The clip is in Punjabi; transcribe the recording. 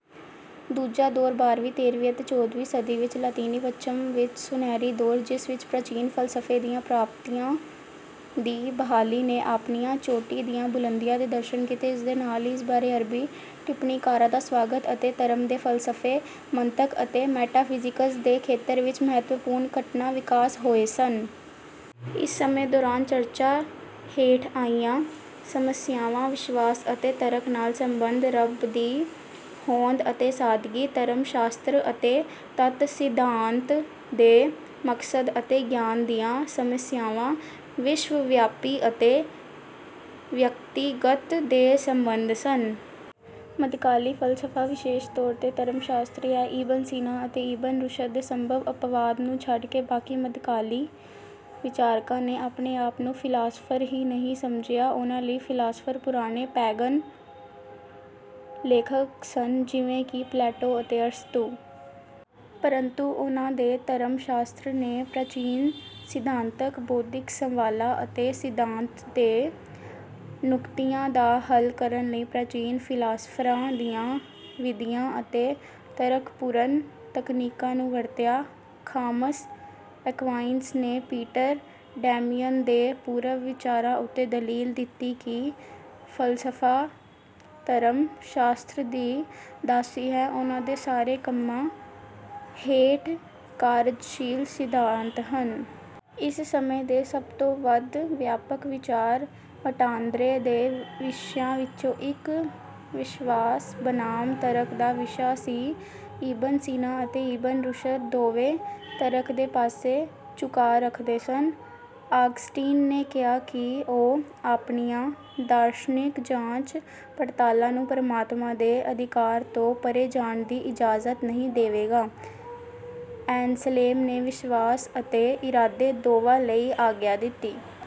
ਦੂਜਾ ਦੌਰ ਬਾਰ੍ਹਵੀਂ, ਤੇਰ੍ਹਵੀਂ ਅਤੇ ਚੌਦ੍ਹਵੀਂ ਸਦੀ ਵਿੱਚ ਲਾਤੀਨੀ ਪੱਛਮ ਵਿੱਚ 'ਸੁਨਹਿਰੀ ਦੌਰ', ਜਿਸ ਵਿੱਚ ਪ੍ਰਾਚੀਨ ਫ਼ਲਸਫ਼ੇ ਦੀਆਂ ਪ੍ਰਾਪਤੀਆਂ ਦੀ ਬਹਾਲੀ ਨੇ, ਆਪਣੀਆਂ ਚੋਟੀ ਦੀਆਂ ਬੁਲੰਦੀਆਂ ਦੇ ਦਰਸ਼ਨ ਕੀਤੇ। ਇਸ ਦੇ ਨਾਲ ਹੀ ਇਸ ਬਾਰੇ ਅਰਬੀ ਟਿੱਪਣੀਕਾਰਾਂ ਦਾ ਸਵਾਗਤ ਅਤੇ ਧਰਮ ਦੇ ਫ਼ਲਸਫ਼ੇ, ਮੰਤਕ ਅਤੇ ਮੈਟਾਫਿਜ਼ਿਕਸ ਦੇ ਖੇਤਰ ਵਿੱਚ ਮਹੱਤਵਪੂਰਨ ਘਟਨਾ ਵਿਕਾਸ ਹੋਏ ਸਨ। ਇਸ ਸਮੇਂ ਦੌਰਾਨ ਚਰਚਾ ਹੇਠ ਆਈਆਂ ਸਮੱਸਿਆਵਾਂ ਵਿਸ਼ਵਾਸ ਅਤੇ ਤਰਕ ਨਾਲ ਸੰਬੰਧ, ਰੱਬ ਦੀ ਹੋਂਦ ਅਤੇ ਸਾਦਗੀ, ਧਰਮ ਸ਼ਾਸਤਰ ਅਤੇ ਤੱਤ ਸਿਧਾਂਤ ਦੇ ਮਕਸਦ ਅਤੇ ਗਿਆਨ ਦੀਆਂ ਸਮੱਸਿਆਵਾਂ, ਵਿਸ਼ਵ ਵਿਆਪੀ ਅਤੇ ਵਿਅਕਤੀਗਤ ਦੇ ਸੰਬੰਧ ਸਨ। ਮੱਧਕਾਲੀ ਫ਼ਲਸਫ਼ਾ ਵਿਸ਼ੇਸ਼ ਤੌਰ ਤੇ ਧਰਮ ਸ਼ਾਸਤਰੀ ਹੈ। ਇਬਨ ਸੀਨਾ ਅਤੇ ਇਬਨ ਰੁਸ਼ਦ ਦੇ ਸੰਭਵ ਅਪਵਾਦ ਨੂੰ ਛੱਡ ਕੇ, ਬਾਕੀ ਮੱਧਕਾਲੀ ਵਿਚਾਰਕਾਂ ਨੇ ਆਪਣੇ ਆਪ ਨੂੰ ਫ਼ਿਲਾਸਫਰ ਹੀ ਨਹੀਂ ਸਮਝਿਆ। ਉਨ੍ਹਾਂ ਲਈ, ਫ਼ਿਲਾਸਫਰ ਪੁਰਾਣੇ ਪੈਗਨ ਲੇਖਕ ਸਨ ਜਿਵੇਂ ਕਿ ਪਲੈਟੋ ਅਤੇ ਅਰਸਤੂ। ਪਰੰਤੂ, ਉਨ੍ਹਾਂ ਦੇ ਧਰਮ ਸ਼ਾਸਤਰ ਨੇ ਪ੍ਰਾਚੀਨ ਸਿਧਾਂਤਕ ਬੌਧਿਕ ਸਵਾਲਾਂ ਅਤੇ ਸਿਧਾਂਤ ਦੇ ਨੁਕਤਿਆਂ ਦਾ ਹੱਲ ਕਰਨ ਲਈ ਪ੍ਰਾਚੀਨ ਫ਼ਿਲਾਸਫਰਾਂ ਦੀਆਂ ਵਿਧੀਆਂ ਅਤੇ ਤਰਕਪੂਰਨ ਤਕਨੀਕਾਂ ਨੂੰ ਵਰਤਿਆ। ਥਾਮਸ ਐਕੁਆਇਨਸ ਨੇ ਪੀਟਰ ਡੈਮੀਅਨ ਦੇ ਪੂਰਵ ਵਿਚਾਰਾਂ ਉੱਤੇ ਦਲੀਲ ਦਿੱਤੀ ਕਿ ਫ਼ਲਸਫ਼ਾ ਧਰਮ ਸ਼ਾਸਤਰ ਦੀ ਦਾਸੀ ਹੈ ਉਨ੍ਹਾਂ ਦੇ ਸਾਰੇ ਕੰਮਾਂ ਹੇਠ ਕਾਰਜਸ਼ੀਲ ਸਿਧਾਂਤ ਹਨ। ਇਸ ਸਮੇਂ ਦੇ ਸਭ ਤੋਂ ਵੱਧ ਵਿਆਪਕ ਵਿਚਾਰ ਵਟਾਂਦਰੇ ਦੇ ਵਿਸ਼ਿਆਂ ਵਿੱਚੋਂ ਇੱਕ ਵਿਸ਼ਵਾਸ ਬਨਾਮ ਤਰਕ ਦਾ ਵਿਸ਼ਾ ਸੀ ਇਬਨ ਸੀਨਾ ਅਤੇ ਇਬਨ ਰੁਸ਼ਦ ਦੋਵੇਂ ਤਰਕ ਦੇ ਪਾਸੇ ਝੁਕਾਅ ਰੱਖਦੇ ਸਨ। ਆਗਸਟੀਨ ਨੇ ਕਿਹਾ ਕਿ ਉਹ ਆਪਣੀਆਂ ਦਾਰਸ਼ਨਿਕ ਜਾਂਚ ਪੜਤਾਲਾਂ ਨੂੰ ਪਰਮਾਤਮਾ ਦੇ ਅਧਿਕਾਰ ਤੋਂ ਪਰੇ ਜਾਣ ਦੀ ਇਜਾਜ਼ਤ ਨਹੀਂ ਦੇਵੇਗਾ। ਐਨਸਲੇਮ ਨੇ ਵਿਸ਼ਵਾਸ ਅਤੇ ਇਰਾਦੇ ਦੋਵਾਂ ਲਈ ਆਗਿਆ ਦਿੱਤੀ